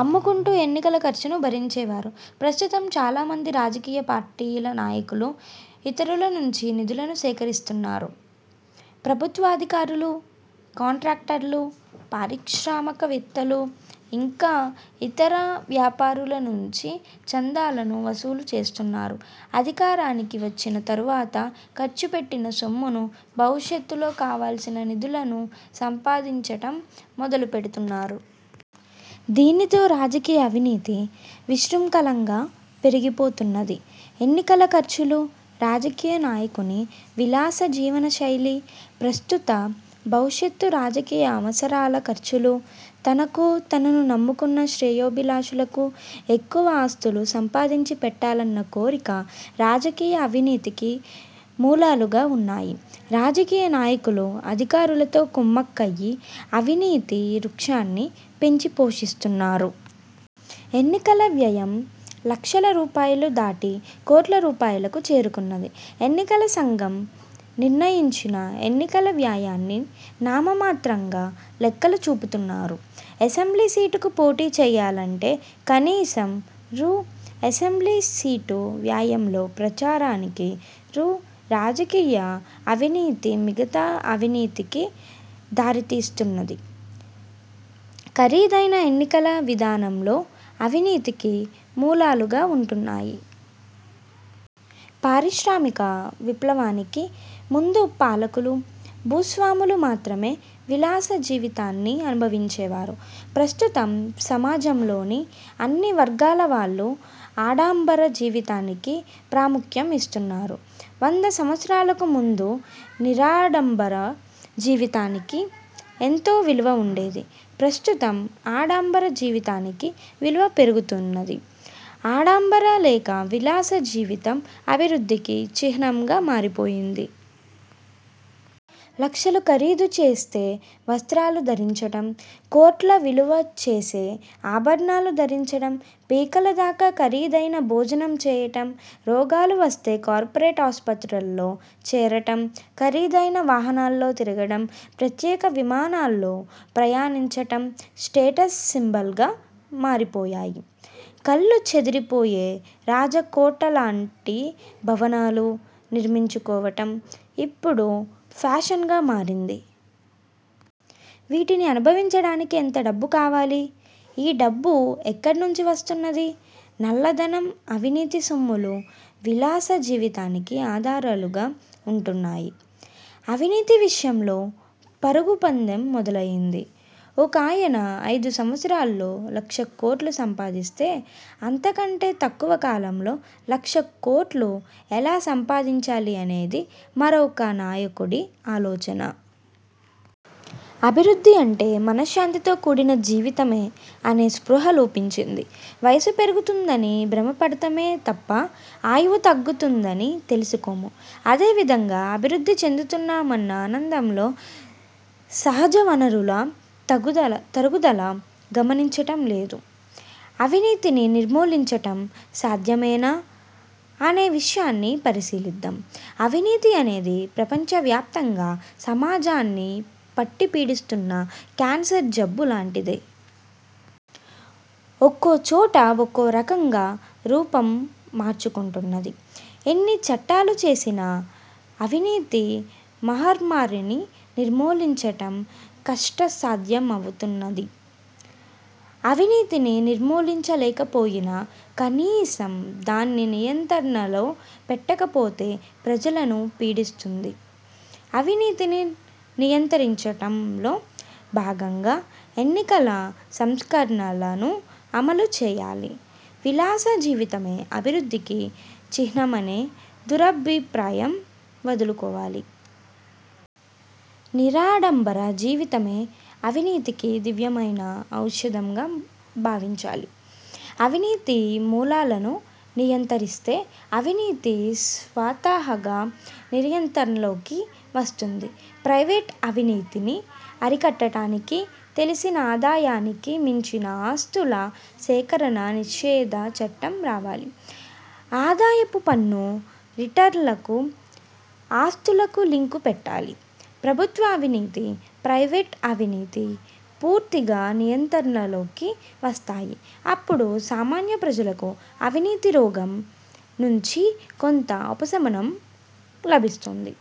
అమ్ముకుంటూ ఎన్నికల ఖర్చును భరించేవారు. ప్రస్తుతం చాలామంది రాజకీయ పార్టీల నాయకులు ఇతరుల నుంచి నిధులను సేకరిస్తున్నారు. ప్రభుత్వాధికారులు, కాంట్రాక్టర్లు, పారిశ్రామికవేత్తలు, ఇంకా ఇతర వ్యాపారుల నుంచి చందాలను వసూలు చేస్తున్నారు. అధికారానికి వచ్చిన తర్వాత ఖర్చుపెట్టిన సొమ్మును భవిష్యత్తులో కావలసిన నిధులను సంపాదించటం మొదలుపెడుతున్నారు. దీనితో రాజకీయ అవినీతి విశృంఖలంగా పెరిగిపోతున్నది. ఎన్నికల ఖర్చులు, రాజకీయ నాయకుని విలాస జీవన శైలి, ప్రస్తుత, భవిష్యత్తు రాజకీయ అవసరాల ఖర్చులు, తనకు, తనను నమ్ముకున్న శ్రేయోభిలాషులకు ఎక్కువ ఆస్తులు సంపాదించి పెట్టాలన్న కోరిక రాజకీయ అవినీతికి మూలాలుగా ఉన్నాయి. రాజకీయ నాయకులు అధికారులతో కుమ్మక్కయి అవినీతి వృక్షాన్ని పెంచి పోషిస్తున్నారు. ఎన్నికల వ్యయం లక్షల రూపాయలు దాటి కోట్ల రూపాయలకు చేరుకున్నది. ఎన్నికల సంఘం నిర్ణయించిన ఎన్నికల వ్యయాన్ని నామమాత్రంగా లెక్కలు చూపుతున్నారు. అసెంబ్లీ సీటుకు పోటీ చేయాలంటే కనీసం రూ. అసెంబ్లీ సీటు వ్యయంలో ప్రచారానికి రూ. రాజకీయ అవినీతి మిగతా అవినీతికి దారితీస్తున్నది. ఖరీదైన ఎన్నికల విధానంలో అవినీతికి మూలాలు ఉంటున్నాయి. పారిశ్రామిక విప్లవానికి ముందు పాలకులు, భూస్వాములు మాత్రమే విలాస జీవితాన్ని అనుభవించేవారు. ప్రస్తుతం సమాజంలోని అన్నివర్గాల వాళ్ళు ఆడంబర జీవితానికి ప్రాముఖ్యం ఇస్తున్నారు. వంద సంవత్సరాలకు ముందు నిరాడంబర జీవితానికి ఎంతో విలువ ఉండేది. ప్రస్తుతం ఆడంబర జీవితానికి విలువ పెరుగుతున్నది. ఆడంబర లేక విలాస జీవితం అభివృద్ధికి చిహ్నంగా మారిపోయింది. లక్షలు ఖరీదు చేస్తే వస్ర్తాలు ధరించటం, కోట్ల విలువ చేసే ఆభరణాలు ధరించటం, పీకల దాకా ఖరీదైన భోజనం చేయటం, రోగాలు వస్తే కార్పొరేట్ ఆసుపత్రుల్లో చేరటం, ఖరీదైన వాహనాల్లో తిరగటం, ప్రత్యేక విమానాల్లో ప్రయాణించటం స్టేటస్ సింబల్గా మారిపోయాయి. కళ్ళు చెదిరిపోయే రాజకోటల్లాంటి భవనాలు నిర్మించుకోవటం ఇప్పుడు ఫ్యాషన్గా మారింది. వీటిని అనుభవించటానికి ఎంత డబ్బు కావాలి? ఈ డబ్బు ఎక్కడ నుంచి వస్తున్నది? నల్లధనం, అవినీతి సొమ్ములు విలాస జీవితానికి ఆధారాలుగా ఉంటున్నాయి. అవినీతి విషయంలో పరుగు పందెం మొదలయ్యింది. ఒకాయన ఐదు సంవత్సరాల్లో లక్ష కోట్లు సంపాదిస్తే అంత కంటే తక్కువ కాలంలో లక్ష కోట్లు ఎలా సంపాదించాలి అనేది మరొక నాయకుడి ఆలోచన. అభివృద్ధి అంటే మనశ్శాంతితో కూడిన జీవితమే అనే స్పృహ లోపించింది. వయస్సు పెరుగుతుందని భ్రమపడతామే తప్ప ఆయువు తరుగుతోందని తెలుసుకోము. అదే విధంగా అభివృద్ధి చెందుతున్నామన్న ఆనందంలో సహజవనరుల తరుగుదల గమనించటం లేదు. అవినీతిని నిర్మూలించటం సాధ్యమేనా అనే విషయాన్ని పరిశీలిద్దాం. అవినీతి అనేది ప్రపంచవ్యాప్తంగా సమాజాన్ని పట్టిపీడిస్తున్న క్యాన్సర్ జబ్బు లాంటిదే. ఒక్కోచోట ఒక్కో రకంగా రూపం మార్చుకుంటున్నది. ఎన్ని చట్టాలు చేసినా అవినీతి మహమ్మారిని నిర్మూలించటం కష్టసాధ్యమవుతున్నది. అవినీతిని నిర్మూలించ లేకపోయినా కనీసం దాన్ని నియంత్రణలో పెట్టకపోతే ప్రజలను పీడిస్తుంది. అవినీతిని నియంత్రించటంలో భాగంగా ఎన్నికల సంస్కరణలను అమలు చేయాలి. విలాస జీవితమే అభివృద్ధికి చిహ్నమనే దురభిప్రాయాన్ని వదులుకోవాలి. నిరాడంబర జీవితమే అవినీతికి దివ్యమైన ఔషధంగా భావించాలి. అవినీతి మూలాలను నియంత్రిస్తే అవినీతి స్వతహాగా నియంత్రణలోకి వస్తుంది. ప్రైవేటు అవినీతిని అరికట్టటానికి 'తెలిసిన ఆదాయానికి మించిన ఆస్తుల సేకరణ నిషేధ చట్టం' రావాలి. ఆదాయపు పన్ను రిటర్న్లకు, ఆస్తులకు లింకు పెట్టాలి. ప్రభుత్వ అవినీతి, ప్రైవేటు అవినీతి పూర్తిగా నియంత్రణలోకి వస్తాయి. అప్పుడు సామాన్య ప్రజలకు అవినీతి రోగం నుంచి కొంత ఉపశమనం లభిస్తుంది.